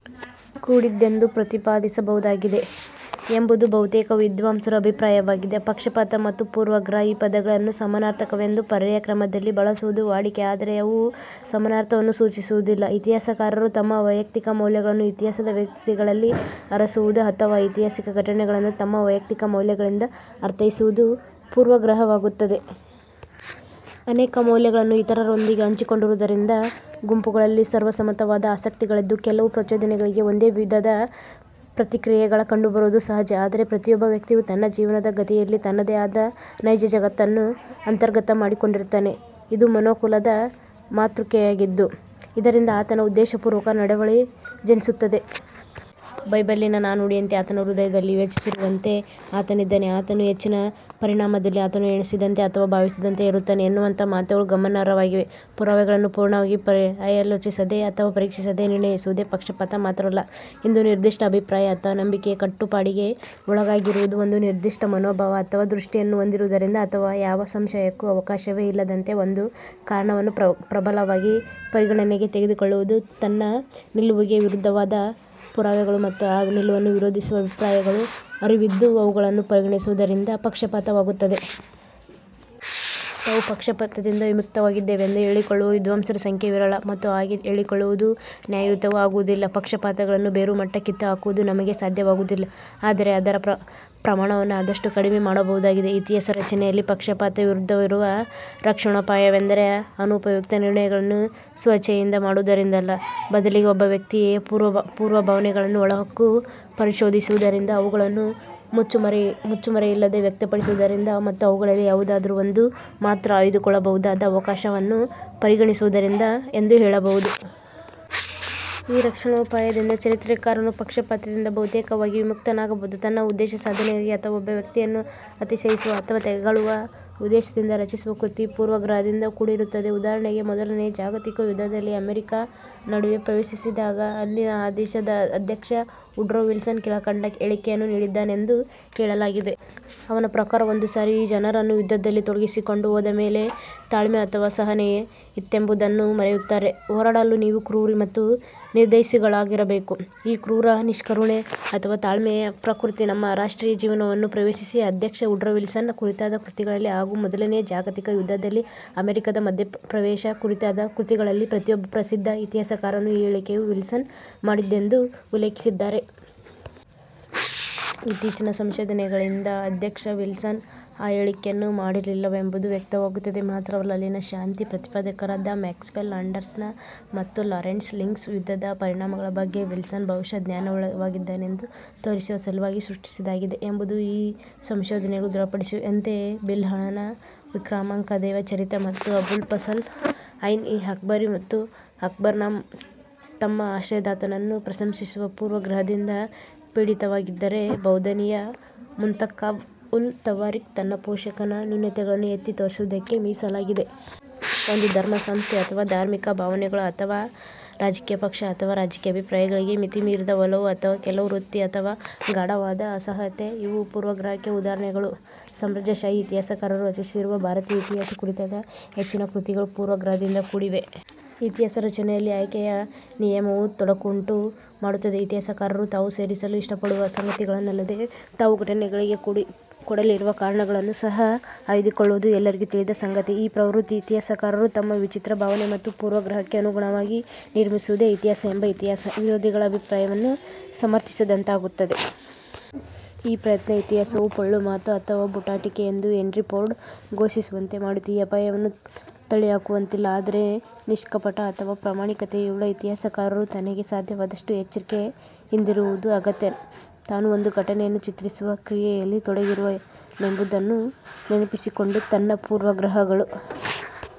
ಕೂಡಿದ್ದೆಂದು ಪ್ರತಿಪಾದಿಸಬಹುದಾಗಿದೆ ಎಂಬುದು ಬಹುತೇಕ ವಿದ್ವಾಂಸರ ಅಭಿಪ್ರಾಯವಾಗಿದೆ. "ಪಕ್ಷಪಾತ" ಮತ್ತು "ಪೂರ್ವಗ್ರಹ" ಈ ಪದಗಳನ್ನು ಸಮಾನಾರ್ಥಕವೆಂದು ಪರ್ಯಾಯ ಕ್ರಮದಲ್ಲಿ ಬಳಸುವುದು ವಾಡಿಕೆ. ಆದರೆ ಅವು ಸಮಾನಾರ್ಥವನ್ನು ಸೂಚಿಸುವುದಿಲ್ಲ. ಇತಿಹಾಸಕಾರರು ತಮ್ಮ ವೈಯಕ್ತಿಕ ಮೌಲ್ಯಗಳನ್ನು ಇತಿಹಾಸದ ವ್ಯಕ್ತಿಗಳಲ್ಲಿ ಅರಸುವುದು ಅಥವಾ ಐತಿಹಾಸಿಕ ಘಟನೆಗಳನ್ನು ತಮ್ಮ ವೈಯಕ್ತಿಕ ಮೌಲ್ಯಗಳಿಂದ ಅರ್ಥೈಸುವುದು ಪೂರ್ವಗ್ರಹವಾಗುತ್ತದೆ. ಅನೇಕ ಮೌಲ್ಯಗಳನ್ನು ಇತರರೊಂದಿಗೆ ಹಂಚಿಕೊಂಡಿರುವುದರಿಂದ, ಗುಂಪುಗಳಲ್ಲಿ ಸರ್ವಸಮ್ಮತವಾದ ಆಸಕ್ತಿಗಳಿದ್ದು ಕೆಲವು ಪ್ರಚೋದನೆಗಳಿಗೆ ಒಂದೇ ವಿಧದ ಪ್ರತಿಕ್ರಿಯೆಗಳು ಕಂಡುಬರುವುದು ಸಹಜ. ಆದರೆ ಪ್ರತಿಯೊಬ್ಬ ವ್ಯಕ್ತಿಯೂ ತನ್ನ ಜೀವನದ ಗತಿಯಲ್ಲಿ ತನ್ನದೇ ಆದ ನೈಜ ಜಗತ್ತನ್ನು ಅಂತರ್ಗತ ಮಾಡಿಕೊಂಡಿರುತ್ತಾನೆ. ಇದು ಮನೋನುಕೂಲದ ಮಾತೃಕೆಯಾಗಿದ್ದು ಇದರಿಂದ ಆತನ ಉದ್ದೇಶಪೂರ್ವಕ ನಡೆವಳಿ ಜನಿಸುತ್ತದೆ. ಬೈಬಲ್ಲಿನ ನಾಣ್ಣುಡಿಯಂತೆ, "ಆತನ ಹೃದಯಲ್ಲಿ ಯೋಚಿಸುತ್ತಿರುವಂತೆ ಆತನಿದ್ದಾನೆ". "ಆತನು ಹೆಚ್ಚಿನ ಪರಿಣಾಮದಲ್ಲಿ ಆತನು ಎಣಿಸಿದಂತೆ ಅಥವಾ ಭಾವಿಸಿದಂತೆ ಇರುತ್ತಾನೆ" ಎನ್ನುವಂತಹ ಮಾತುಗಳು ಗಮನಾರ್ಹವಾಗಿವೆ. ಪುರಾವೆಗಳನ್ನು ಪೂರ್ಣವಾಗಿ ಪರ್ಯಾಲೋಚಿಸದೆ ಅಥವಾ ಪರೀಕ್ಷಿಸದೆ ನಿರ್ಣಯಿಸುವುದೇ ಪಕ್ಷಪಾತ. ಮಾತ್ರವಲ್ಲ, ಇಂದು ನಿರ್ದಿಷ್ಟ ಅಭಿಪ್ರಾಯ ಅಥವಾ ನಂಬಿಕೆಯ ಕಟ್ಟುಪಾಡಿಗೆ ಒಳಗಾಗಿರುವುದು, ಒಂದು ನಿರ್ದಿಷ್ಟ ಮನೋಭಾವ ಅಥವಾ ದೃಷ್ಟಿಯನ್ನು ಹೊಂದಿರುವುದು ಅಥವಾ ಯಾವ ಸಂಶಯಕ್ಕೂ ಅವಕಾಶವೇ ಇಲ್ಲದಂತೆ ಒಂದು ಕಾರಣವನ್ನು ಪ್ರಬಲವಾಗಿ ಪರಿಗಣನೆಗೆ ತೆಗೆದುಕೊಳ್ಳುವುದು, ತನ್ನ ನಿಲುವಿಗೆ ವಿರುದ್ಧವಾದ ಪುರಾವೆಗಳು ಮತ್ತು ಆ ನಿಲುವನ್ನು ವಿರೋಧಿಸುವ ಅಭಿಪ್ರಾಯಗಳ ಅರಿವಿದ್ದೂ ಅವುಗಳನ್ನು ಪರಿಗಣಿಸದಿರುವುದು ಪಕ್ಷಪಾತವಾಗುತ್ತದೆ. ತಾವು ಪಕ್ಷಪಾತದಿಂದ ವಿಮುಕ್ತವಾಗಿದ್ದೇವೆಂದು ಹೇಳಿಕೊಳ್ಳುವ ವಿದ್ವಾಂಸರ ಸಂಖ್ಯೆ ವಿರಳ ಮತ್ತು ಹಾಗೆ ಹೇಳಿಕೊಳ್ಳುವುದು ನ್ಯಾಯಯುತವೂ ಆಗುವುದಿಲ್ಲ. ಪಕ್ಷಪಾತಗಳನ್ನು ಬೇರುಮಟ್ಟ ಕಿತ್ತುಹಾಕುವುದು ನಮಗೆ ಸಾಧ್ಯವಾಗುವುದಿಲ್ಲ. ಆದರೆ ಅದರ ಪ್ರಮಾಣವನ್ನು ಆದಷ್ಟು ಕಡಿಮೆ ಮಾಡಬಹುದಾಗಿದೆ. ಇತಿಹಾಸ ರಚನೆಯಲ್ಲಿ ಪಕ್ಷಪಾತ ವಿರುದ್ಧವಿರುವ ರಕ್ಷಣೋಪಾಯವೆಂದರೆ ಅನುಪಯುಕ್ತ ನಿರ್ಣಯಗಳನ್ನು ಸ್ವೇಚ್ಛೆಯಿಂದ ಮಾಡುವುದರಿಂದಲ್ಲ. ಬದಲಿಗೆ ಒಬ್ಬ ವ್ಯಕ್ತಿಯ ಪೂರ್ವಭಾವನೆಗಳನ್ನು ಒಳಹೊಕ್ಕು ಪರಿಶೋಧಿಸುವುದರಿಂದ, ಅವುಗಳನ್ನು ಮುಚ್ಚುಮರೆಯಿಲ್ಲದೆ ವ್ಯಕ್ತಪಡಿಸುವುದರಿಂದ ಮತ್ತು ಅವುಗಳಲ್ಲಿ ಯಾವುದಾದರೂ ಒಂದು ಮಾತ್ರ ಆಯ್ದುಕೊಳ್ಳಬಹುದಾದ ಅವಕಾಶವನ್ನು ಪರಿಗಣಿಸುವುದರಿಂದ ಎಂದು ಹೇಳಬಹುದು. ಈ ರಕ್ಷಣೋಪಾಯದಿಂದ ಚರಿತ್ರೆಕಾರನು ಪಕ್ಷಪಾತದಿಂದ ಬಹುತೇಕವಾಗಿ ವಿಮುಕ್ತನಾಗಬಹುದು. ತನ್ನ ಉದ್ದೇಶ ಸಾಧನೆಗಾಗಿ ಅಥವಾ ಒಬ್ಬ ವ್ಯಕ್ತಿಯನ್ನು ಅತಿಶಯಿಸುವ ಅಥವಾ ತೆಗಳುವ ಉದ್ದೇಶದಿಂದ ರಚಿಸುವ ಕೃತಿ ಪೂರ್ವಗ್ರಹದಿಂದ ಕೂಡಿರುತ್ತದೆ. ಉದಾಹರಣೆಗೆ, ಮೊದಲನೆಯ ಜಾಗತಿಕ ಯುದ್ಧದಲ್ಲಿ ಅಮೆರಿಕಾ ನಡುವೆ ಪ್ರವೇಶಿಸಿದಾಗ ಅಂದಿನ ಆ ದೇಶದ ಅಧ್ಯಕ್ಷ ವುಡ್ರೋ ವಿಲ್ಸನ್ ಕೆಳಕಂಡ ಹೇಳಿಕೆಯನ್ನು ನೀಡಿದ್ದಾನೆಂದು ಹೇಳಲಾಗಿದೆ. ಅವನ ಪ್ರಕಾರ, ಒಂದು ಸಾರಿ ಈ ಜನರನ್ನು ಯುದ್ಧದಲ್ಲಿ ತೊಡಗಿಸಿಕೊಂಡು ಹೋದ ಮೇಲೆ ತಾಳ್ಮೆ ಅಥವಾ ಸಹನೆ ಇತ್ತೆಂಬುದನ್ನು ಮರೆಯುತ್ತಾರೆ. ಹೋರಾಡಲು ನೀವು ಕ್ರೂರಿ ಮತ್ತು ನಿರ್ದಯಿಗಳಾಗಿರಬೇಕು. ಈ ಕ್ರೂರ ನಿಷ್ಕರುಣೆ ಅಥವಾ ತಾಳ್ಮೆಯ ಪ್ರಕೃತಿ ನಮ್ಮ ರಾಷ್ಟ್ರೀಯ ಜೀವನವನ್ನು ಪ್ರವೇಶಿಸಿ, ಅಧ್ಯಕ್ಷ ವುಡ್ರೋವಿಲ್ಸನ್ ಕುರಿತಾದ ಕೃತಿಗಳಲ್ಲಿ ಹಾಗೂ ಮೊದಲನೆಯ ಜಾಗತಿಕ ಯುದ್ಧದಲ್ಲಿ ಅಮೆರಿಕಾದ ಮಧ್ಯಪ್ರವೇಶ ಕುರಿತಾದ ಕೃತಿಗಳಲ್ಲಿ ಪ್ರತಿಯೊಬ್ಬ ಪ್ರಸಿದ್ಧ ಇತಿಹಾಸಕಾರನು ಈ ಹೇಳಿಕೆಯು ವಿಲ್ಸನ್ ಮಾಡಿದ್ದೆಂದು ಉಲ್ಲೇಖಿಸಿದ್ದಾರೆ. ಇತ್ತೀಚಿನ ಸಂಶೋಧನೆಗಳಿಂದ ಅಧ್ಯಕ್ಷ ವಿಲ್ಸನ್ ಆ ಹೇಳಿಕೆಯನ್ನು ಮಾಡಿರಲಿಲ್ಲವೆಂಬುದು ವ್ಯಕ್ತವಾಗುತ್ತದೆ. ಮಾತ್ರವಲ್ಲ, ಅಲ್ಲಿನ ಶಾಂತಿ ಪ್ರತಿಪಾದಕರಾದ ಮ್ಯಾಕ್ಸ್ವೆಲ್ ಆಂಡರ್ಸನ್ ಮತ್ತು ಲಾರೆನ್ಸ್ಸ್ಟಾಲಿಂಗ್ಸ್ ಯುದ್ಧದ ಪರಿಣಾಮಗಳ ಬಗ್ಗೆ ವಿಲ್ಸನ್ ಭವಿಷ್ಯ ಜ್ಞಾನವುಳ್ಳವನಾಗಿದ್ದನೆಂದು ತೋರಿಸುವ ಸಲುವಾಗಿ ಸೃಷ್ಟಿಸಿದ್ದಾಗಿದೆ ಎಂಬುದನ್ನು ಈ ಸಂಶೋಧನೆಗಳು ದೃಢಪಡಿಸಿವೆ. ಅಂತೆಯೇ, ಬಿಲ್ಹಣನ ವಿಕ್ರಮಾಂಕದೇವ ಚರಿತ ಮತ್ತು ಅಬುಲ್ ಫಸಲ್ನ ಐನ್ಇ-ಅಕ್ಬರಿ ಮತ್ತು ಅಕ್ಬರ್ನಾಮ ತಮ್ಮ ಆಶ್ರಯದಾತನನ್ನು ಪ್ರಶಂಶಿಸುವ ಪೂರ್ವಗ್ರಹದಿಂದ ಪೀಡಿತವಾಗಿದ್ದರೆ ಬದೌನಿಯ ಮುಂತಕಾಬ್-ವುಲ್-ತವಾರಿಕ್ ತನ್ನ ಪೋಷಕನ ನ್ಯೂನತೆಗಳನ್ನು ಎತ್ತಿ ತೋರಿಸುವುದಕ್ಕೆ ಮೀಸಲಾಗಿದೆ. ಒಂದು ಧರ್ಮ ಸಂಸ್ಥೆ ಅಥವಾ ಧಾರ್ಮಿಕ ಭಾವನೆಗಳು, ಅಥವಾ ರಾಜಕೀಯ ಪಕ್ಷ ಅಥವಾ ರಾಜಕೀಯ ಅಭಿಪ್ರಾಯಗಳಿಗೆ ಮಿತಿಮೀರಿದ ಒಲವು, ಅಥವಾ ಕೆಲವು ವೃತ್ತಿ ಅಥವಾ ಗಾಢವಾದ ಅಸಹ್ಯತೆ ಇವೂ ಪೂರ್ವಗ್ರಹಕ್ಕೆ ಉದಾಹರಣೆಗಳು. ಸಾಮ್ರಾಜ್ಯಶಾಹಿ ಇತಿಹಾಸಕಾರರು ರಚಿಸಿರುವ ಭಾರತೀಯ ಇತಿಹಾಸ ಕುರಿತಾದ ಹೆಚ್ಚಿನ ಕೃತಿಗಳು ಪೂರ್ವಗ್ರಹದಿಂದ ಕೂಡಿವೆ. ಇತಿಹಾಸ ರಚನೆಯಲ್ಲಿ ಆಯ್ಕೆಯ ನಿಯಮವು ತೊಡಕುಂಟು ಮಾಡುತ್ತದೆ. ಇತಿಹಾಸಕಾರರು ತಾವು ಸೇರಿಸಲು ಇಷ್ಟಪಡುವ ಸಂಗತಿಗಳನ್ನಲ್ಲದೆ ತಾವು ಘಟನೆಗಳಿಗೆ ಕೊಡಲಿರುವ ಕಾರಣಗಳನ್ನೂ ಸಹ ಆಯ್ದುಕೊಳ್ಳುವುದು ಎಲ್ಲರಿಗೂ ತಿಳಿದ ಸಂಗತಿ. ಈ ಪ್ರವೃತ್ತಿ, ಇತಿಹಾಸಕಾರರು ತಮ್ಮ ವಿಚಿತ್ರ ಭಾವನೆ ಮತ್ತು ಪೂರ್ವಗ್ರಹಕ್ಕೆ ಅನುಗುಣವಾಗಿ ನಿರ್ಮಿಸಿವುದೇ ಇತಿಹಾಸ ಎಂಬ ಇತಿಹಾಸ ವಿರೋಧಿಗಳ ಅಭಿಪ್ರಾಯವನ್ನು ಸಮರ್ಥಿಸಿದಂತಾಗುತ್ತದೆ. ಈ ಪ್ರಯತ್ನ "ಇತಿಹಾಸವು ಪೊಳ್ಳು ಮಾತು ಅಥವಾ ಬೂಟಾಟಿಕೆ" ಎಂದು ಹೆನ್ರಿ ಪೋರ್ಡ್ ಘೋಷಿಸುವಂತೆ ಮಾಡಿತು. ಈ ಅಪಾಯವನ್ನು ತಳ್ಳಿಹಾಕುವಂತಿಲ್ಲ. ಆದರೆ ನಿಷ್ಕಪಟ ಅಥವಾ ಪ್ರಾಮಾಣಿಕತೆಯುಳ್ಳ ಇತಿಹಾಸಕಾರರು ತನಗೆ ಸಾಧ್ಯವಾದಷ್ಟು ಎಚ್ಚರಿಕೆ ಯಿಂದಿರುವುದು ಅಗತ್ಯ. ತಾನು ಒಂದು ಘಟನೆಯನ್ನು ಚಿತ್ರಿಸುವ ಕ್ರಿಯೆಯಲ್ಲಿ ತೊಡಗಿರುವ ನೆಂಬುದನ್ನು ನೆನಪಿಸಿಕೊಂಡು ತನ್ನ ಪೂರ್ವಗ್ರಹಗಳು